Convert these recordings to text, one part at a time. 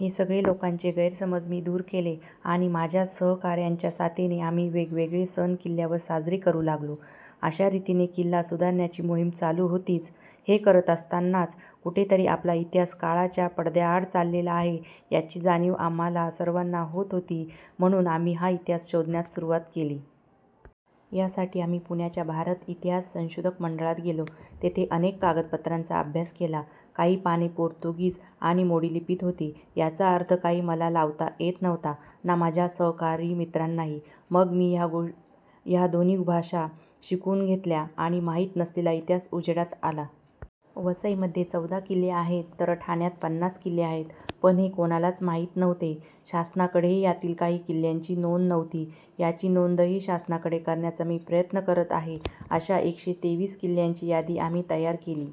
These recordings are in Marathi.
हे सगळे लोकांचे गैरसमज मी दूर केले आणि माझ्या सहकाऱ्यांच्या साथीने आम्ही वेगवेगळे सण किल्ल्यावर साजरे करू लागलो. अशा रीतीने किल्ला सुधारण्याची मोहीम चालू होतीच. हे करत असतानाच कुठेतरी आपला इतिहास काळाच्या पडद्याआड चाललेला आहे याची जाणीव आम्हा सर्वांना होत होती, म्हणून आम्ही हा इतिहास शोधण्यास सुरुवात केली. यासाठी आम्ही पुण्याच्या भारत इतिहास संशोधक मंडळात गेलो. तेथे अनेक कागदपत्रांचा अभ्यास केला. काही पाने पोर्तुगीज आणि मोडीलिपीत होती. त्याचा अर्थ काही मला लावता येत नव्हता ना माझ्या सहकारी मित्रांनाही. मग मी ह्या दोन्ही भाषा शिकून घेतल्या आणि माहीत नसलेला इतिहास उजेडात आला. वसईमध्ये चौदा किल्ले आहेत, तर ठाण्यात पन्नास किल्ले आहेत. पण हे कोणालाच माहीत नव्हते. शासनाकडेही यातील काही किल्ल्यांची नोंद नव्हती. त्याची नोंदही शासनाकडे करण्याचा मी प्रयत्न करत आहे. अशा एकशे तेवीस किल्ल्यांची यादी आम्ही तयार केली.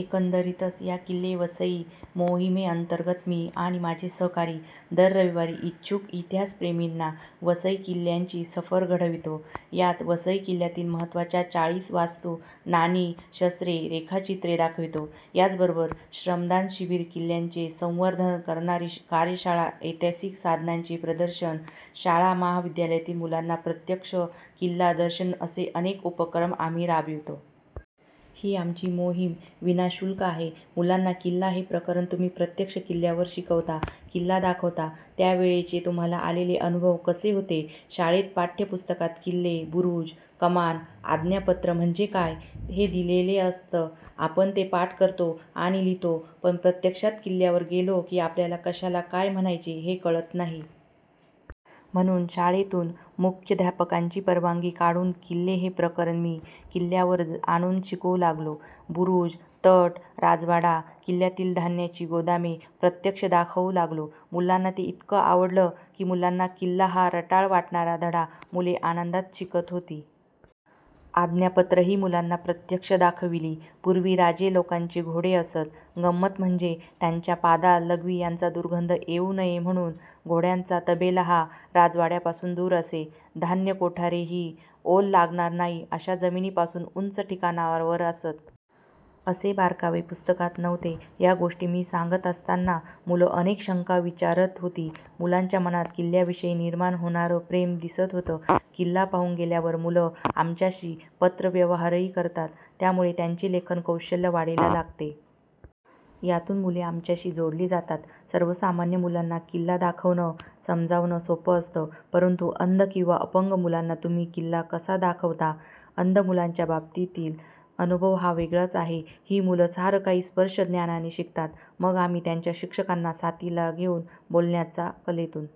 एकंदरीतच या किल्ले वसई मोहिमेअंतर्गत मी आणि माझे सहकारी दर रविवारी इच्छुक इतिहासप्रेमींना वसई किल्ल्याची सफर घडवितो. यात वसई किल्ल्यातील महत्त्वाच्या चाळीस वास्तू, नाणी, शस्त्रे, रेखाचित्रे दाखवितो. याचबरोबर श्रमदान शिबीर, किल्ल्यांचे संवर्धन करणारी कार्यशाळा, ऐतिहासिक साधनांचे प्रदर्शन, शाळा महाविद्यालयातील मुलांना प्रत्यक्ष किल्ला दर्शन असे अनेक उपक्रम आम्ही राबवितो. ही आमची मोहीम विनाशुल्क आहे. मुलांना किल्ला हे प्रकरण तुम्ही प्रत्यक्ष किल्ल्यावर शिकवता, किल्ला दाखवता त्यावेळेचे तुम्हाला आलेले अनुभव कसे होते? शाळेत पाठ्यपुस्तकात किल्ले, बुरूज, कमान, आज्ञापत्र म्हणजे काय हे दिलेले असतं. आपण ते पाठ करतो आणि लिहितो, पण प्रत्यक्षात किल्ल्यावर गेलो की आपल्याला कशाला काय म्हणायचे हे कळत नाही. म्हणून शाळेतून मुख्याध्यापकांची परवानगी काढून किल्ले हे प्रकरण मी किल्ल्यावर आणून शिकवू लागलो. बुरूज, तट, राजवाडा, किल्ल्यातील धान्याची गोदामे प्रत्यक्ष दाखवू लागलो. मुलांना ते इतकं आवडलं की मुलांना किल्ला हा रटाळ वाटणारा धडा मुले आनंदात शिकत होती. आज्ञापत्रही मुलांना प्रत्यक्ष दाखविली. पूर्वी राजे लोकांचे घोडे असत. गंमत म्हणजे त्यांच्या पादा, लघवी याचा दुर्गंध येऊ नये म्हणून घोड्यांचा तबेला हा राजवाड्यापासून दूर असे. धान्य कोठारे ही ओल लागणार नाही अशा जमिनीपासून उंच ठिकाणावर असत. असे बारकावे पुस्तकात नव्हते. या गोष्टी मी सांगत असताना मुलं अनेक शंका विचारत होती. मुलांच्या मनात किल्ल्याविषयी निर्माण होणारं प्रेम दिसत होतं. किल्ला पाहून गेल्यावर मुलं आमच्याशी पत्रव्यवहारही करतात. त्यामुळे त्यांचे लेखन कौशल्य वाढीला लागते. यातून मुले आमच्याशी जोडली जातात. सर्वसामान्य मुलांना किल्ला दाखवणं, समजावणं सोपं असतं, परंतु अंध किंवा अपंग मुलांना तुम्ही किल्ला कसा काय दाखवता? अंध मुलांच्या बाबतीतील अनुभव हा वेगळाच आहे. ही मुलं सारं काही स्पर्शज्ञानाने शिकतात. मग आम्ही त्यांच्या शिक्षकांना साथीला घेऊन बोलण्याच्या कलेतून